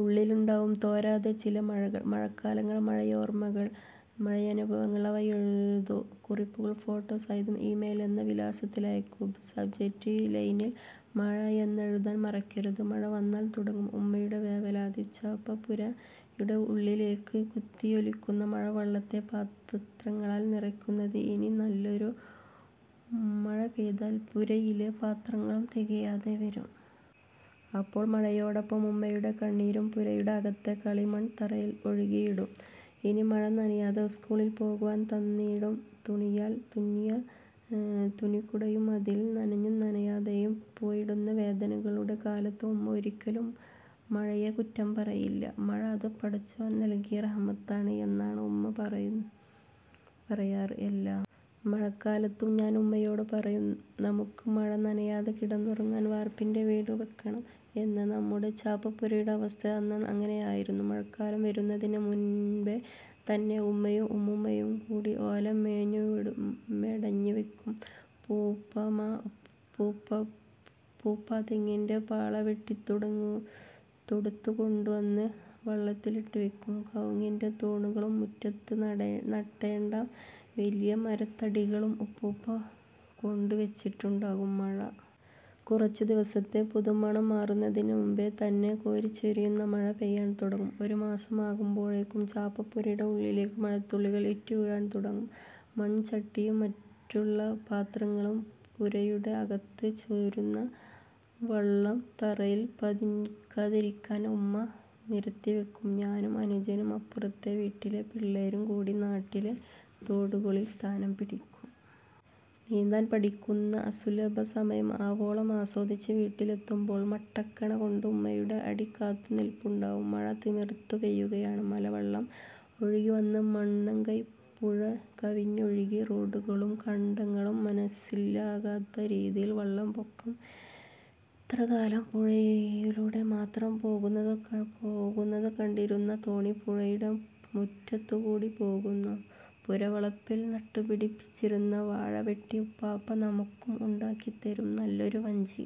ഉള്ളിലുണ്ടാവും, തോരാതെ ചില മഴകൾ. മഴക്കാലങ്ങൾ. മഴയോർമകൾ. മഴയനുഭവങ്ങൾ. അവ എഴുതൂ. കുറിപ്പുകൾ ഫോട്ടോ സഹിതം ഇമെയിൽ എന്ന വിലാസത്തിൽ അയക്കൂ. സബ്ജക്ട് ലൈനിൽ മഴ എന്നെഴുതാൻ മറക്കരുത്. മഴ വന്നാൽ തുടങ്ങും ഉമ്മയുടെ വേവലാതി. ചാപ്പപുരയുടെ ഉള്ളിലേക്ക് കുത്തിയൊലിക്കുന്ന മഴവെള്ളത്തെ പാത്രങ്ങളാൽ നിറക്കുന്നത് ഇനി നല്ലൊരു മഴ പെയ്താൽ പുരയിലെ പാത്രങ്ങളും തികയാതെ വരും. അപ്പോൾ മഴയോടൊപ്പം ഉമ്മയുടെ കണ്ണീരും പുരയുടെ അകത്തെ കളിമൺ തറയിൽ ഒഴുകിയിടും. ഇനി മഴ നനയാതെ സ്കൂളിൽ പോകുവാൻ തന്നിട്ടും തുണിയാൽ തുന്നിയ തുണിക്കുടയും അതിലും നനഞ്ഞും നനയാതെയും പോയിടുന്ന വേദനകളുടെ കാലത്തും ഉമ്മ ഒരിക്കലും മഴയെ കുറ്റം പറയില്ല. മഴ, അത് പടച്ചോൻ നൽകിയ റഹ്മത്താണ് എന്നാണ് ഉമ്മ എന്നും പറയാറ്. എല്ലാ മഴക്കാലത്തും ഞാൻ ഉമ്മയോട് പറയും. നമുക്ക് മഴ നനയാതെ കിടന്നുറങ്ങാൻ വാർപ്പിൻറെ വീട് വെക്കണം എന്ന്. നമ്മുടെ ചാപ്പപുരയുടെ അവസ്ഥ അന്ന് അങ്ങനെയായിരുന്നു. മഴക്കാലം വരുന്നതിന് മുമ്പേ തന്നെ ഉമ്മയും ഉമ്മുമ്മയും കൂടി ഓല മെടഞ്ഞുവെക്കും. ഉപ്പുപ്പാ തെങ്ങിൻറെ പാള വെട്ടിയെടുത്തുകൊണ്ടുവന്ന് വെള്ളത്തിലിട്ടുവെക്കും. കവുങ്ങിൻറെ തൂണുകളും മുറ്റത്ത് നാട്ടേണ്ട വലിയ മരത്തടികളും ഉപ്പുപ്പാ കൊണ്ടുവച്ചിട്ടുണ്ടാകും. മഴ കുറച്ചു ദിവസത്തെ പുതുമണം മാറുന്നതിന് മുമ്പേ തന്നെ കോരിച്ചൊരിയുന്ന മഴ പെയ്യാൻ തുടങ്ങും. ഒരു മാസം ആകുമ്പോഴേക്കും ചാപ്പപുരയുടെ ഉള്ളിലേക്ക് മഴത്തുള്ളികൾ ഇറ്റുവീഴാൻ തുടങ്ങും. മൺചട്ടിയും മറ്റുള്ള പാത്രങ്ങളും പുരയുടെ അകത്ത് ചോരുന്ന വെള്ളം തറയിൽ പതിക്കാതിരിക്കാൻ ഉമ്മ നിരത്തിവെക്കും. ഞാനും അനുജനും അപ്പുറത്തെ വീട്ടിലെ പിള്ളേരും കൂടി നാട്ടിലെ തോടുകളിൽ സ്ഥാനം പിടിക്കും. നീന്താൻ പഠിക്കുന്ന അസുലഭ സമയം ആവോളം ആസ്വദിച്ച് വീട്ടിലെത്തുമ്പോൾ മട്ടക്കണ കൊണ്ട് ഉമ്മയുടെ അടി കാത്തുനിൽപ്പുണ്ടാവും. മഴ തിമിർത്തുപെയ്യുകയാണ്. മലവെള്ളം ഒഴുകിവന്ന് കണ്ണങ്കൈ പുഴ കവിഞ്ഞൊഴുകി. റോഡുകളും കണ്ടങ്ങളും മനസ്സിലാകാത്ത രീതിയിൽ വെള്ളപ്പൊക്കം. ഇത്രകാലം പുഴയിലൂടെ മാത്രം പോകുന്നത് കണ്ടിരുന്ന തോണി പുരയുടെ മുറ്റത്തുകൂടി പോകുന്നു. പുരവളപ്പിൽ നട്ടുപിടിപ്പിച്ചിരുന്ന വാഴ വെട്ടി ഉപ്പാപ്പ നമുക്കും ഉണ്ടാക്കിത്തരും, നല്ലൊരു വഞ്ചി.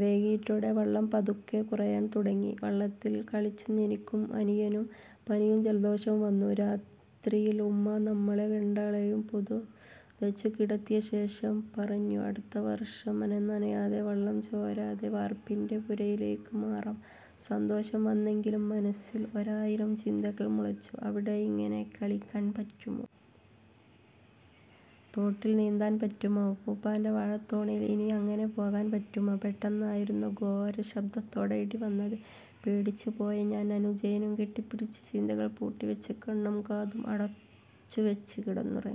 വൈകീട്ടോടെ വെള്ളം പതുക്കെ കുറയാൻ തുടങ്ങി. മഴവെള്ളത്തിൽ കളിച്ച് എനിക്കും അനിയനും പനിയും ജലദോഷവും വന്നു. രാത്രിയിൽ ഉമ്മാ നമ്മളെ രണ്ടാളെയും പുതച്ചുകിടത്തിയശേഷം പറഞ്ഞു. അടുത്ത വർഷം മഴ നനയാതെ, വെള്ളം ചോരാതെ വാർപ്പിൻറെ പുരയിലേക്ക് മാറാം. സന്തോഷം വന്നെങ്കിലും മനസ്സിൽ ഒരായിരം ചിന്തകൾ മുളച്ചു. അവിടെ ഇങ്ങനെ കളിക്കാൻ പറ്റുമോ? തോട്ടിൽ നീന്താൻ പറ്റുമോ? ഉപ്പുപ്പാൻറെ വാഴത്തോണിയിൽ ഇനി അങ്ങനെ പോകാൻ പറ്റുമോ? പെട്ടെന്നായിരുന്നു ഘോരശബ്ദത്തോടെ ഇടി വന്നത്. പേടിച്ചുപോയ ഞാൻ അനുജനെയും കെട്ടിപ്പിടിച്ചു. ചിന്തകൾ പൂട്ടിവെച്ച് കണ്ണും കാതും അടച്ചുവെച്ച് കിടന്നുറ.